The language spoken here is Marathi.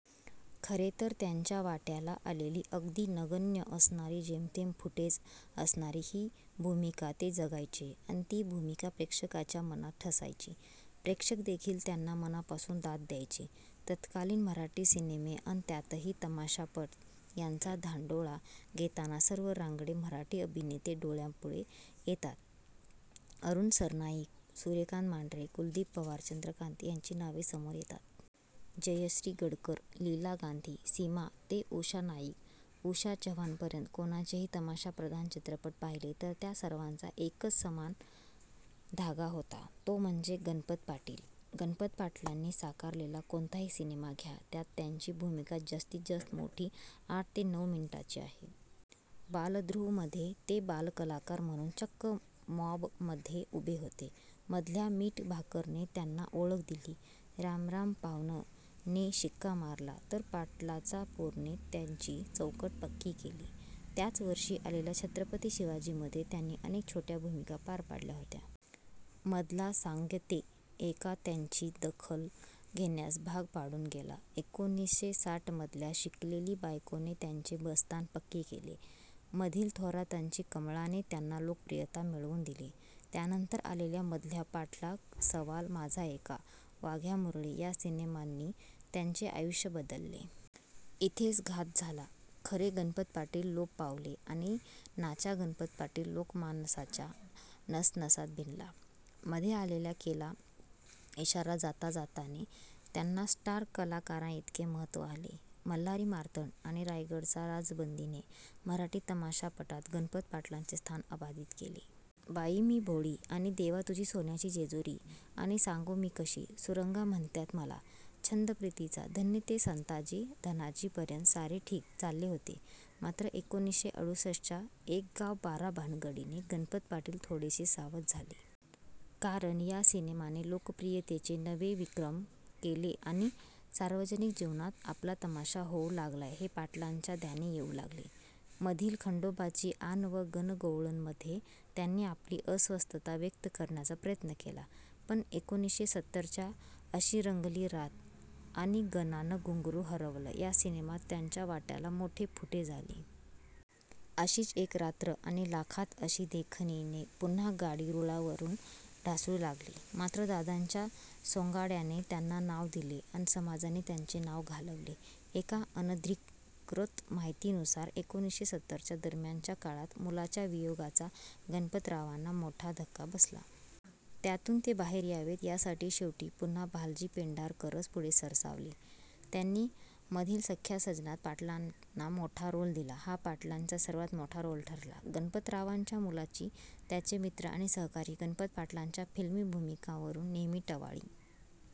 खरे तर त्यांच्या वाट्याला आलेली अगदी नगण्य असणारी जेमतेम फुटेज असणारी ही भूमिका ते जगायचे अन ती भूमिका प्रेक्षकाच्या मनात ठसायची. प्रेक्षकदेखील त्यांना मनापासून दाद द्यायचे. तत्कालीन मराठी सिनेमे अन त्यातही तमाशापट यांचा धांडोळा घेताना सर्व रांगडे मराठी अभिनेते डोळ्यापुढे येतात, अरुण सरनाईक, सूर्यकांत मांढरे, कुलदीप पवार, चंद्रकांत यांची नावे समोर येतात. जयश्री गडकर, लीला गांधी, सीमा ते उषा नाईक, उषा चव्हाणपर्यंत कोणाचेही तमाशाप्रधान चित्रपट पाहिले तर त्या सर्वांचा एकच समान धागा होता तो म्हणजे गणपत पाटील! गणपत पाटलांनी साकारलेला कोणताही सिनेमा घ्या, त्यात त्यांची भूमिका जास्तीत जास्त मोठी आठ ते नऊ मिनिटांची आहे. बालध्रुवमध्ये ते बालकलाकार म्हणून चक्क मॉबमध्ये उभे होते. मधल्या मीठभाकरने त्यांना ओळख दिली. राम राम पाव्हणं ने शिक्का मारला तर पाटलाचा पोरने त्यांची चौकट पक्की केली. त्याच वर्षी आलेल्या छत्रपती शिवाजीमध्ये त्यांनी अनेक छोट्या भूमिका पार पाडल्या होत्या. मधला सांगत्ये ऐका त्यांची दखल घेण्यास भाग पाडून गेला. एकोणीसशे साठमधल्या शिकलेली बायकोने त्यांचे बस्तान पक्के केले. मधील थोरातांची कमळाने त्यांना लोकप्रियता मिळवून दिली. त्यानंतर आलेल्या मधल्या पाठलाग, सवाल माझा ऐका, वाघ्या मुरळी या सिनेमांनी त्यांचे आयुष्य बदलले. इथेच घात झाला. खरे गणपत पाटील लोप पावले आणि नाच्या गणपत पाटील लोकमानसाच्या नसनसात भिनला. मध्ये आलेल्या केला इशारा जाता जाताने त्यांना स्टार कलाकारांइतके महत्त्व आले. मल्हारी मार्तंड आणि रायगडचा राजबंदीने मराठी तमाशापटात गणपत पाटलांचे स्थान अबाधित केले. बाई मी भोळी आणि देवा तुझी सोन्याची जेजुरी आणि सांगू मी कशी, सुरंगा म्हणत्यात मला, छंद प्रीतिचा, धन्य ते संताजी धनाजी पर्यंत सारे ठीक चालले होते. मात्र एकोणीसशे अडुसष्टच्या एक गाव बारा भानगडीने गणपत पाटील थोडेसे सावध झाले. कारण या सिनेमाने लोकप्रियतेचे नवे विक्रम केले आणि सार्वजनिक जीवनात आपला तमाशा होऊ लागलाय हे पाटलांच्या ध्यानी येऊ लागले. मधील खंडोबाची आण व गणगौळणमध्ये त्यांनी आपली अस्वस्थता व्यक्त करण्याचा प्रयत्न केला पण एकोणीसशे सत्तरच्या अशी रंगली रात आणि गणानं घुंगरू हरवलं या सिनेमात त्यांच्या वाट्याला मोठे फुटेज आले. अशीच एक रात्र आणि लाखात अशी देखणीने पुन्हा गाडी रुळावरून ढासळू लागली. मात्र दादांच्या सोंगाड्याने त्यांना नाव दिले अन समाजाने त्यांचे नाव घालवले. एका अनधिकृत माहितीनुसार एकोणीसशे सत्तरच्या दरम्यानच्या काळात मुलाच्या वियोगाचा गणपतरावांना मोठा धक्का बसला. त्यातून ते बाहेर यावेत यासाठी शेवटी पुन्हा भालजी पेंढारकरच पुढे सरसावले. त्यांनी मधील सख्या सजनात पाटलांना मोठा रोल दिला. हा पाटलांचा सर्वात मोठा रोल ठरला. गणपतरावांच्या मुलाची, त्याचे मित्र आणि सहकारी गणपत पाटलांच्या फिल्मी भूमिकांवरून नेहमी टवाळी